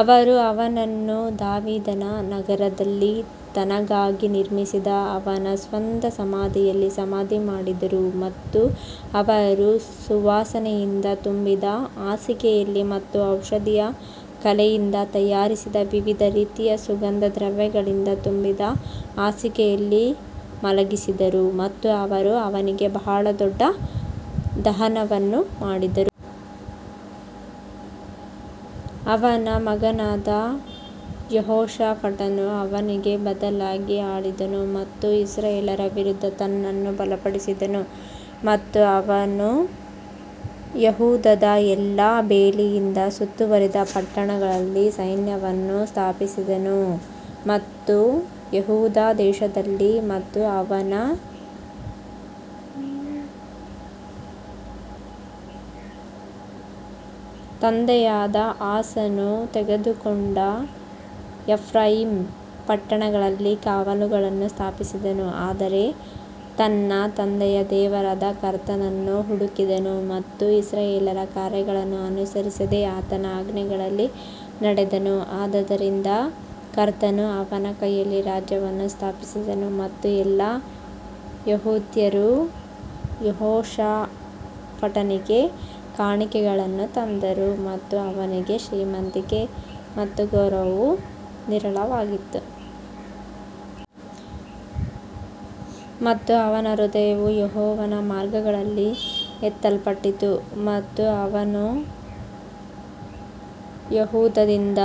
ಅವರು ಅವನನ್ನು ದಾವೀದನ ನಗರದಲ್ಲಿ ತನಗಾಗಿ ನಿರ್ಮಿಸಿದ ಅವನ ಸ್ವಂತ ಸಮಾಧಿಯಲ್ಲಿ ಸಮಾಧಿ ಮಾಡಿದರು ಮತ್ತು ಅವರು ಸುವಾಸನೆಯಿಂದ ತುಂಬಿದ ಹಾಸಿಗೆಯಲ್ಲಿ ಮತ್ತು ಔಷಧೀಯ ಕಲೆಯಿಂದ ತಯಾರಿಸಿದ ವಿವಿಧ ರೀತಿಯ ಸುಗಂಧ ದ್ರವ್ಯಗಳಿಂದ ತುಂಬಿದ ಹಾಸಿಗೆಯಲ್ಲಿ ಮಲಗಿಸಿದರು ಮತ್ತು ಅವರು ಅವನಿಗೆ ಬಹಳ ದೊಡ್ಡ ದಹನವನ್ನು ಮಾಡಿದರು. ಅವನ ಮಗನಾದ ಯೆಹೋಷಾಫಾಟನು ಅವನಿಗೆ ಬದಲಾಗಿ ಆಳಿದನು ಮತ್ತು ಇಸ್ರಾಯೇಲ್ಯರ ವಿರುದ್ಧ ತನ್ನನ್ನು ಬಲಪಡಿಸಿದನು ಮತ್ತು ಅವನು ಯೆಹೂದದ ಎಲ್ಲಾ ಬೇಲಿಯಿಂದ ಸುತ್ತುವರಿದ ಪಟ್ಟಣಗಳಲ್ಲಿ ಸೈನ್ಯವನ್ನು ಸ್ಥಾಪಿಸಿದನು ಮತ್ತು ಯೆಹೂದ ದೇಶದಲ್ಲಿ ಮತ್ತು ಅವನ ತಂದೆಯಾದ ಆಸನು ತೆಗೆದುಕೊಂಡ ಎಫ್ರಾಯೀಮ್ ಪಟ್ಟಣಗಳಲ್ಲಿ ಕಾವಲುಗಳನ್ನು ಸ್ಥಾಪಿಸಿದನು. ಆದರೆ ತನ್ನ ತಂದೆಯ ದೇವರಾದ ಕರ್ತನನ್ನು ಹುಡುಕಿದನು ಮತ್ತು ಇಸ್ರಾಯೇಲ್ಯರ ಕಾರ್ಯಗಳನ್ನು ಅನುಸರಿಸದೆ ಆತನ ಆಜ್ಞೆಗಳಲ್ಲಿ ನಡೆದನು ಆದದರಿಂದ ಕರ್ತನು ಅವನ ಕೈಯಲ್ಲಿ ರಾಜ್ಯವನ್ನು ಸ್ಥಾಪಿಸಿದನು ಮತ್ತು ಎಲ್ಲಾ ಯೆಹೂದ್ಯರು ಯೆಹೋಷಾಫಾಟನಿಗೆ ಕಾಣಿಕೆಗಳನ್ನು ತಂದರು ಮತ್ತು ಅವನಿಗೆ ಶ್ರೀಮಂತಿಕೆ ಮತ್ತು ಗೌರವವು ಹೇರಳವಾಗಿತ್ತು. ಮತ್ತು ಅವನ ಹೃದಯವು ಯೆಹೋವನ ಮಾರ್ಗಗಳಲ್ಲಿ ಎತ್ತಲ್ಪಟ್ಟಿತು ಮತ್ತು ಅವನು ಯೆಹೂದದಿಂದ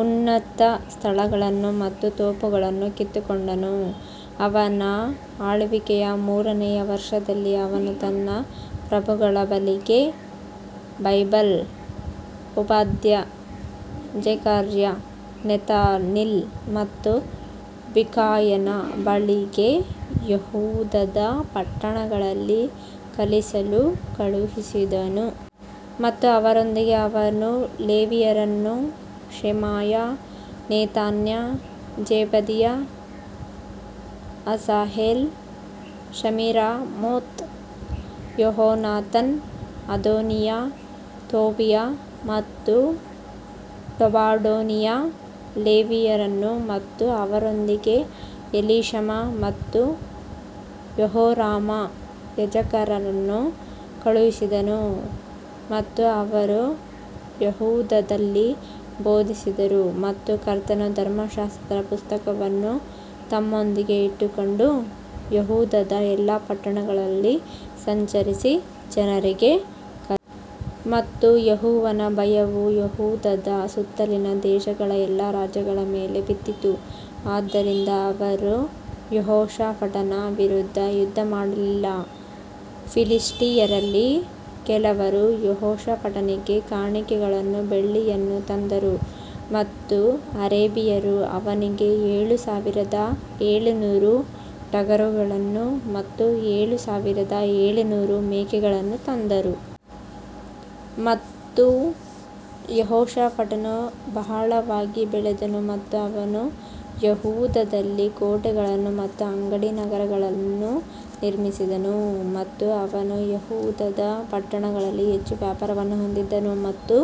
ಉನ್ನತ ಸ್ಥಳಗಳನ್ನು ಮತ್ತು ತೋಪುಗಳನ್ನು ಕಿತ್ತುಕೊಂಡನು. ಅವನ ಆಳ್ವಿಕೆಯ ಮೂರನೆಯ ವರ್ಷದಲ್ಲಿ ಅವನು ತನ್ನ ಪ್ರಭುಗಳ ಬಳಿಗೆ ಬೆನ್ಹೈಲ್, ಓಬದ್ಯ, ಜೆಕರ್ಯ, ನೆತನೀಲ್ ಮತ್ತು ಮಿಕಾಯನ ಬಳಿಗೆ ಯೆಹೂದದ ಪಟ್ಟಣಗಳಲ್ಲಿ ಕಲಿಸಲು ಕಳುಹಿಸಿದನು. ಮತ್ತು ಅವರೊಂದಿಗೆ ಅವನು ಲೇವಿಯರನ್ನು ಶೆಮಾಯ, ನೆತನ್ಯ, ಜೆಬದೀಯ, ಅಸಾಹೇಲ್, ಶೆಮಿರಾಮೋತ್, ಯೆಹೋನಾಥನ್, ಅದೋನೀಯ, ತೋಬೀಯ ಮತ್ತು ಟೊಬಡೋನಿಯ ಲೇವಿಯರನ್ನು ಮತ್ತು ಅವರೊಂದಿಗೆ ಎಲಿಷಾಮ ಮತ್ತು ಯೆಹೋರಾಮ ಯಾಜಕರನ್ನು ಕಳುಹಿಸಿದನು. ಮತ್ತು ಅವರು ಯೆಹೂದದಲ್ಲಿ ಬೋಧಿಸಿದರು ಮತ್ತು ಕರ್ತನ ಧರ್ಮಶಾಸ್ತ್ರದ ಪುಸ್ತಕವನ್ನು ತಮ್ಮೊಂದಿಗೆ ಇಟ್ಟುಕೊಂಡು ಯೆಹೂದದ ಎಲ್ಲಾ ಪಟ್ಟಣಗಳಲ್ಲಿ ಸಂಚರಿಸಿ ಜನರಿಗೆ ಮತ್ತು ಯೆಹೋವನ ಭಯವು ಯೆಹೂದದ ಸುತ್ತಲಿನ ದೇಶಗಳ ಎಲ್ಲಾ ರಾಜ್ಯಗಳ ಮೇಲೆ ಬಿದ್ದಿತು, ಆದ್ದರಿಂದ ಅವರು ಯೆಹೋಷಾಫಾಟನ ವಿರುದ್ಧ ಯುದ್ಧಮಾಡಲಿಲ್ಲ. ಫಿಲಿಷ್ಟಿಯರಲ್ಲಿ ಕೆಲವರು ಯೆಹೋಷಾಫಾಟನಿಗೆ ಕಾಣಿಕೆಗಳನ್ನು ಬೆಳ್ಳಿಯನ್ನು ತಂದರು ಮತ್ತು ಅರೇಬಿಯರು ಅವನಿಗೆ ಏಳು ಸಾವಿರದ ಏಳುನೂರು ಟಗರುಗಳನ್ನು ಮತ್ತು ಏಳು ಸಾವಿರದ ಏಳುನೂರು ಮೇಕೆಗಳನ್ನು ತಂದರು. ಮತ್ತು ಯೆಹೋಷಾಫಾಟನು ಬಹಳವಾಗಿ ಬೆಳೆದನು ಮತ್ತು ಅವನು ಯೆಹೂದದಲ್ಲಿ ಕೋಟೆಗಳನ್ನು ಮತ್ತು ಅಂಗಡಿ ನಗರಗಳನ್ನು ನಿರ್ಮಿಸಿದನು. ಮತ್ತು ಅವನು ಯೆಹೂದದ ಪಟ್ಟಣಗಳಲ್ಲಿ ಹೆಚ್ಚು ವ್ಯಾಪಾರವನ್ನು ಹೊಂದಿದ್ದನು ಮತ್ತು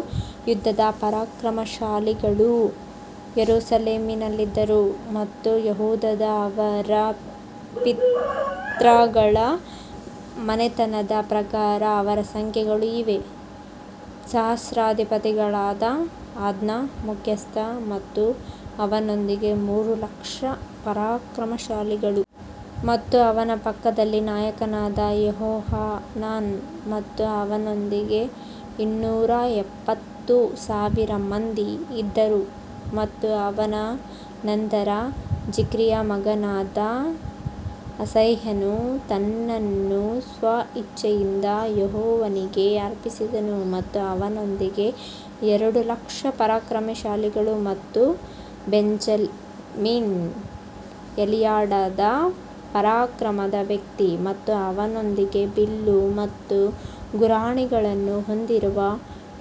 ಯುದ್ಧದ ಪರಾಕ್ರಮಶಾಲಿಗಳು ಯೆರೂಸಲೇಮಿನಲ್ಲಿದ್ದರು. ಮತ್ತು ಯೆಹೂದದ ಅವರ ಪಿತೃಗಳ ಮನೆತನದ ಪ್ರಕಾರ ಅವರ ಸಂಖ್ಯೆಗಳು ಇವೇ, ಸಹಸ್ರಾಧಿಪತಿಗಳಾದ ಅದ್ನಾ ಮುಖ್ಯಸ್ಥ ಮತ್ತು ಅವನೊಂದಿಗೆ ಮೂರು ಲಕ್ಷ ಪರಾಕ್ರಮಶಾಲಿಗಳು. ಮತ್ತು ಅವನ ಪಕ್ಕದಲ್ಲಿ ನಾಯಕನಾದ ಯೆಹೋಹಾನಾನ್ ಮತ್ತು ಅವನೊಂದಿಗೆ ಇನ್ನೂರ ಎಪ್ಪತ್ತು ಸಾವಿರ ಮಂದಿ ಇದ್ದರು ಮತ್ತು ಅವನ ನಂತರ ಜಿಕ್ರಿಯ ಮಗನಾದ ಅಮಸ್ಯನು ತನ್ನನ್ನು ಸ್ವಇಚ್ಛೆಯಿಂದ ಯೆಹೋವನಿಗೆ ಅರ್ಪಿಸಿದನು ಮತ್ತು ಅವನೊಂದಿಗೆ ಎರಡು ಲಕ್ಷ ಪರಾಕ್ರಮಶಾಲಿಗಳು ಮತ್ತು ಬೆಂಜಮಿನ್ ಎಲಿಯಾಡಾದ ಪರಾಕ್ರಮದ ವ್ಯಕ್ತಿ ಮತ್ತು ಅವನೊಂದಿಗೆ ಬಿಲ್ಲು ಮತ್ತು ಗುರಾಣಿಗಳನ್ನು ಹೊಂದಿರುವ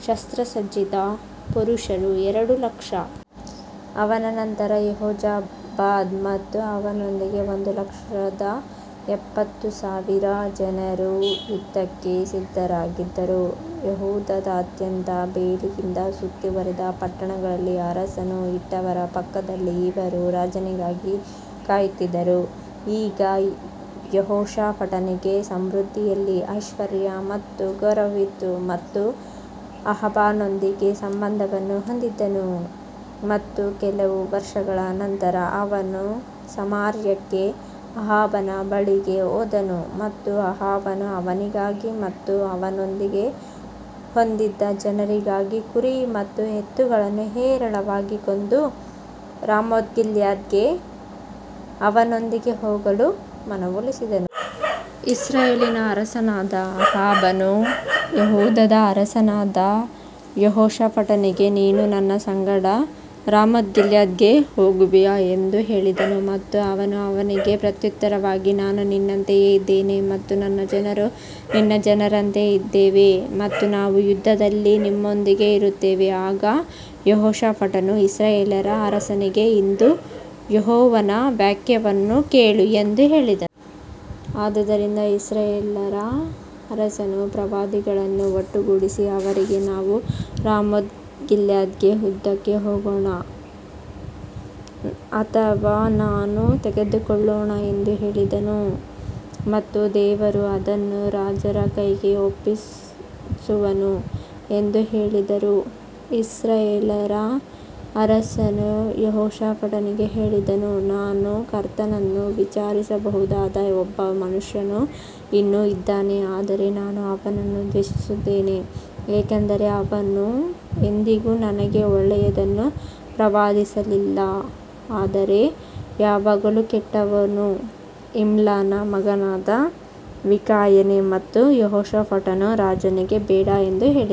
ಶಸ್ತ್ರಸಜ್ಜಿತ ಪುರುಷರು ಎರಡು ಲಕ್ಷ. ಅವನ ನಂತರ ಯೆಹೋಜಾಬಾದ್ ಮತ್ತು ಅವನೊಂದಿಗೆ ಒಂದು ಲಕ್ಷದ ಎಪ್ಪತ್ತು ಸಾವಿರ ಜನರು ಯುದ್ಧಕ್ಕೆ ಸಿದ್ಧರಾಗಿದ್ದರು ಯೆಹೂದದಾದ್ಯಂತ ಬೇಲಿಯಿಂದ ಸುತ್ತುವರಿದ ಪಟ್ಟಣಗಳಲ್ಲಿ ಅರಸನು ಇಟ್ಟವರ ಪಕ್ಕದಲ್ಲಿ ಇವರು ರಾಜನಿಗಾಗಿ ಕಾಯುತ್ತಿದ್ದರು ಈಗ ಯೆಹೋಷಾಫಾಟನಿಗೆ ಸಮೃದ್ಧಿಯಲ್ಲಿ ಐಶ್ವರ್ಯ ಮತ್ತು ಗೌರವವಿತ್ತು ಮತ್ತು ಅಹಾಬನೊಂದಿಗೆ ಸಂಬಂಧವನ್ನು ಹೊಂದಿದ್ದನು ಮತ್ತು ಕೆಲವು ವರ್ಷಗಳ ನಂತರ ಅವನು ಸಮಾರ್ಯಕ್ಕೆ ಅಹಾಬನ ಬಳಿಗೆ ಹೋದನು ಮತ್ತು ಅಹಾಬನು ಅವನಿಗಾಗಿ ಮತ್ತು ಅವನೊಂದಿಗೆ ಹೊಂದಿದ್ದ ಜನರಿಗಾಗಿ ಕುರಿ ಮತ್ತು ಎತ್ತುಗಳನ್ನು ಹೇರಳವಾಗಿ ಕೊಂದು ರಾಮೋತ್ಗಿಲ್ಯಾದ್ಗೆ ಅವನೊಂದಿಗೆ ಹೋಗಲು ಮನವೊಲಿಸಿದನು. ಇಸ್ರಾಯೇಲಿನ ಅರಸನಾದ ಅಹಾಬನು ಯೆಹೂದದ ಅರಸನಾದ ಯೆಹೋಷಾಫಾಟನಿಗೆ ನೀನು ನನ್ನ ಸಂಗಡ ರಾಮೋತ್ಗಿಲ್ಯಾದ್ಗೆ ಹೋಗುವಿಯಾ ಎಂದು ಹೇಳಿದನು ಮತ್ತು ಅವನು ಅವನಿಗೆ ಪ್ರತ್ಯುತ್ತರವಾಗಿ ನಾನು ನಿನ್ನಂತೆಯೇ ಇದ್ದೇನೆ ಮತ್ತು ನನ್ನ ಜನರು ನಿನ್ನ ಜನರಂತೆ ಇದ್ದೇವೆ ಮತ್ತು ನಾವು ಯುದ್ಧದಲ್ಲಿ ನಿಮ್ಮೊಂದಿಗೆ ಇರುತ್ತೇವೆ. ಆಗ ಯೆಹೋಷಾಫಾಟನು ಇಸ್ರಾಯೇಲ್ಯರ ಅರಸನಿಗೆ ಇಂದು ಯೆಹೋವನ ವಾಕ್ಯವನ್ನು ಕೇಳು ಎಂದು ಹೇಳಿದನು. ಆದದರಿಂದ ಇಸ್ರಾಯೇಲ್ಯರ ಅರಸನು ಪ್ರವಾದಿಗಳನ್ನು ಒಟ್ಟುಗೂಡಿಸಿ ಅವರಿಗೆ ನಾವು ರಾಮೋತ್ಗಿಲ್ಯಾದ್ಗೆ ಯುದ್ಧಕ್ಕೆ ಹೋಗೋಣ ಅಥವಾ ನಾನು ತಡೆದುಕೊಳ್ಳೋಣ ಎಂದು ಹೇಳಿದನು ಮತ್ತು ದೇವರು ಅದನ್ನು ರಾಜರ ಕೈಗೆ ಒಪ್ಪಿಸುವನು ಎಂದು ಹೇಳಿದರು. ಇಸ್ರಾಯೇಲ್ಯರ ಅರಸನು ಯೆಹೋಷಾಫಾಟನಿಗೆ ಹೇಳಿದನು, ನಾವು ಕರ್ತನನ್ನು ವಿಚಾರಿಸಬಹುದಾದ ಒಬ್ಬ ಮನುಷ್ಯನು ಇನ್ನೂ ಇದ್ದಾನೆ ಆದರೆ ನಾನು ಅವನನ್ನು ದ್ವೇಷಿಸುತ್ತೇನೆ ಏಕೆಂದರೆ ಅವನು ಎಂದಿಗೂ ನನಗೆ ಒಳ್ಳೆಯದನ್ನು ಪ್ರವಾದಿಸಲಿಲ್ಲ ಆದರೆ ಯಾವಾಗಲೂ ಕೆಟ್ಟವನು ಇಮ್ಲನ ಮಗನಾದ ಮಿಕಾಯನೇ ಮತ್ತು ಯೆಹೋಷಾಫಾಟನು ರಾಜನಿಗೆ ಬೇಡ ಎಂದು ಹೇಳಿದನು.